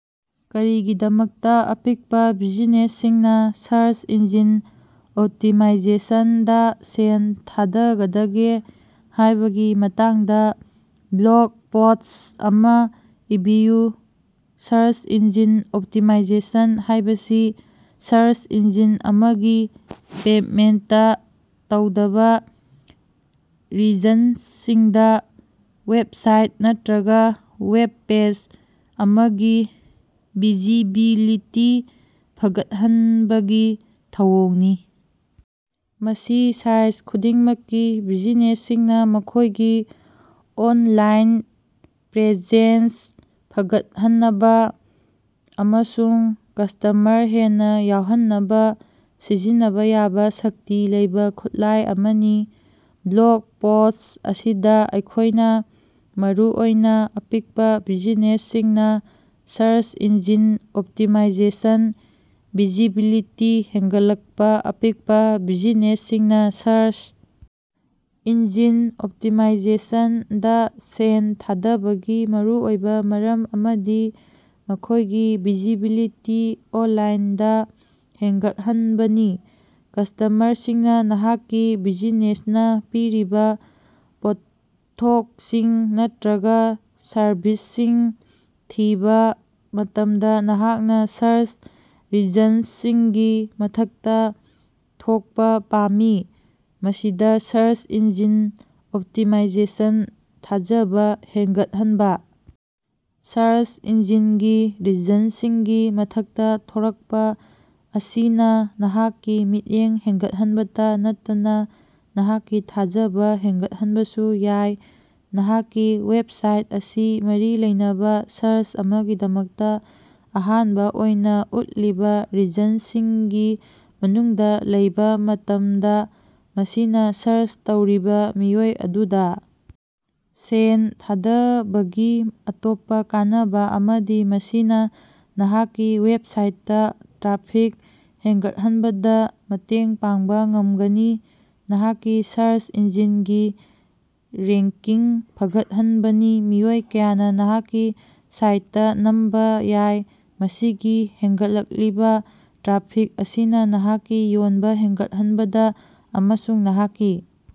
ꯀꯔꯤꯒꯤꯗꯃꯛꯇ ꯑꯄꯤꯛꯄ ꯕꯤꯖꯤꯅꯦꯁꯁꯤꯡꯅ ꯁ꯭ꯔꯆ ꯏꯟꯖꯤꯟ ꯑꯣꯞꯇꯤꯃꯥꯏꯖꯦꯁꯟ ꯗꯥ ꯁꯦꯜ ꯊꯥꯗꯒꯗꯒꯦ ꯍꯥꯢꯕꯒꯤ ꯃꯇꯥꯡꯗ ꯕ꯭ꯂꯣꯒ ꯄꯣꯁ꯭ꯠ ꯑꯃꯥ ꯏꯕꯤꯌꯨ꯫ ꯁ꯭ꯔꯆ ꯏꯟꯖꯤꯟ ꯑꯣꯞꯇꯤꯃꯥꯏꯖꯦꯁꯟ ꯍꯥꯢꯕꯁꯤ ꯁ꯭ꯔꯆ ꯏꯟꯖꯤꯟ ꯑꯃꯒꯤ ꯄꯦꯃꯦꯟꯇ ꯇꯧꯗꯕ ꯔꯤꯖꯜꯇꯁꯤꯡꯗ ꯋꯦꯕꯁꯥꯏꯠ ꯅꯠꯇ꯭ꯔꯒ ꯋꯦꯕ ꯄꯦꯖ ꯑꯃꯒꯤ ꯚꯤꯖꯤꯕꯤꯂꯤꯇꯤ ꯐꯒꯠꯍꯟꯕꯒꯤ ꯊꯧꯑꯣꯡꯅꯤ꯫ ꯃꯁꯤ ꯁꯥꯏꯖ ꯈꯨꯗꯤꯡꯃꯛꯀꯤ ꯕꯤꯖꯤꯅꯦꯁꯁꯤꯡꯅ ꯃꯈꯣꯢꯒꯤ ꯑꯣꯟꯂꯥꯏꯟ ꯄ꯭ꯔꯦꯖꯦꯟꯁ ꯐꯒꯠꯍꯟꯅꯕ ꯑꯃꯁꯨꯡ ꯀꯁꯇꯃꯔ ꯍꯦꯟꯅ ꯌꯧꯍꯟꯅꯕ ꯁꯤꯖꯤꯟꯅꯕ ꯌꯥꯕ ꯁꯛꯇꯤ ꯂꯩꯕ ꯈꯨꯠꯂꯥꯢ ꯑꯃꯅꯤ꯫ ꯕ꯭ꯂꯣꯒ ꯄꯣꯁ꯭ꯠ ꯑꯁꯤꯗ ꯑꯩꯈꯣꯢꯅ ꯃꯔꯨꯑꯣꯏꯅ ꯑꯄꯤꯛꯄ ꯕꯤꯖꯤꯅꯦꯁꯁꯤꯡꯅ ꯁ꯭ꯔꯆ ꯏꯟꯖꯤꯟ ꯑꯣꯞꯇꯤꯃꯥꯏꯖꯦꯁꯟ ꯚꯤꯖꯤꯕꯤꯂꯤꯇꯤ ꯍꯦꯟꯒꯠꯂꯛꯄ ꯑꯄꯤꯛꯄ ꯕꯤꯖꯤꯅꯦꯁꯁꯤꯡꯅ ꯁ꯭ꯔꯆ ꯏꯟꯖꯤꯟ ꯑꯣꯞꯇꯤꯃꯥꯏꯖꯦꯁꯟ ꯗ ꯁꯦꯜ ꯊꯥꯗꯕꯒꯤ ꯃꯔꯨꯑꯣꯏꯕ ꯃꯔꯝ ꯑꯃꯗꯤ ꯃꯈꯣꯢꯒꯤ ꯚꯤꯖꯤꯕꯤꯂꯤꯇꯤ ꯑꯣꯟꯂꯥꯏꯟꯗ ꯍꯦꯟꯒꯠꯍꯟꯕꯅꯤ꯫ ꯀꯁꯇꯃꯔꯁꯤꯡꯅ ꯅꯍꯥꯛꯀꯤ ꯕꯤꯖꯤꯅꯦꯁꯅꯥ ꯄꯤꯔꯤꯕ ꯄꯣꯠꯊꯣꯛꯁꯤꯡ ꯅꯠꯇ꯭ꯔꯒ ꯁꯔꯚꯤꯁꯁꯤꯡ ꯊꯤꯕ ꯃꯇꯝꯗ ꯅꯍꯥꯛꯅ ꯁ꯭ꯔꯁ ꯔꯤꯖꯜꯇꯁꯤꯡꯒꯤ ꯃꯊꯛꯇ ꯊꯣꯛꯄ ꯄꯥꯝꯃꯤ꯫ ꯃꯁꯤꯗ ꯁ꯭ꯔꯁ ꯏꯟꯖꯤꯟ ꯑꯣꯞꯇꯤꯃꯥꯏꯖꯦꯁꯟ ꯊꯥꯖꯕ ꯍꯦꯟꯒꯠꯍꯟꯕ ꯁꯔꯆ ꯏꯟꯖꯤꯟꯒꯤ ꯔꯤꯖꯜꯇꯁꯤꯡꯒꯤ ꯃꯊꯛꯇ ꯊꯣꯔꯛꯄꯥ ꯑꯁꯤꯅ ꯅꯍꯥꯛꯀꯤ ꯃꯤꯠꯌꯦꯡ ꯍꯦꯟꯒꯠꯍꯟꯕꯇꯥ ꯅꯠꯇꯅ ꯅꯍꯥꯛꯀꯤ ꯊꯥꯖꯕ ꯍꯦꯟꯒꯠꯍꯟꯕꯁꯨ ꯌꯥꯏ꯫ ꯅꯍꯥꯛꯀꯤ ꯋꯦꯕꯁꯥꯏꯠ ꯑꯁꯤ ꯃꯔꯤ ꯂꯩꯅꯕ ꯁ꯭ꯔꯆ ꯑꯃꯒꯤꯗꯃꯛꯇ ꯑꯍꯥꯟꯕ ꯑꯣꯏꯅ ꯎꯠꯂꯤꯕ ꯔꯤꯖꯜꯇꯁꯤꯡꯒꯤ ꯃꯅꯨꯡꯗ ꯂꯩꯕ ꯃꯇꯝꯗ ꯃꯁꯤꯅ ꯁ꯭ꯔꯆ ꯇꯧꯔꯤꯕ ꯃꯤꯑꯣꯏ ꯑꯗꯨꯗ ꯁꯦꯜ ꯊꯥꯗꯕꯒꯤ ꯑꯇꯣꯞꯄ ꯀꯥꯟꯅꯕ ꯑꯃꯗꯤ ꯃꯁꯤꯅ ꯅꯍꯥꯛꯀꯤ ꯋꯦꯕꯁꯥꯏꯠꯇ ꯇ꯭ꯔꯥꯐꯤꯛ ꯍꯦꯟꯒꯠꯍꯟꯕꯗ ꯃꯇꯦꯡ ꯄꯥꯡꯕ ꯉꯝꯒꯅꯤ꯫ ꯅꯍꯥꯛꯀꯤ ꯁ꯭ꯔꯆ ꯏꯟꯖꯤꯟꯒꯤ ꯔꯦꯡꯀꯤꯡ ꯐꯒꯠꯍꯟꯕꯅꯤ ꯃꯤꯑꯣꯏ ꯀꯌꯥꯅ ꯅꯍꯥꯛꯀꯤ ꯁꯥꯏꯇꯇꯥ ꯅꯝꯕ ꯌꯥꯏ꯫ ꯃꯁꯤꯒꯤ ꯍꯦꯟꯒꯠꯂꯛꯂꯤꯕ ꯇ꯭ꯔꯥꯐꯤꯛ ꯑꯁꯤꯅ ꯅꯍꯥꯛꯀꯤ ꯌꯣꯟꯕ ꯍꯦꯟꯒꯠꯍꯟꯕꯗ ꯑꯃꯁꯨꯡ ꯅꯍꯥꯛꯀꯤ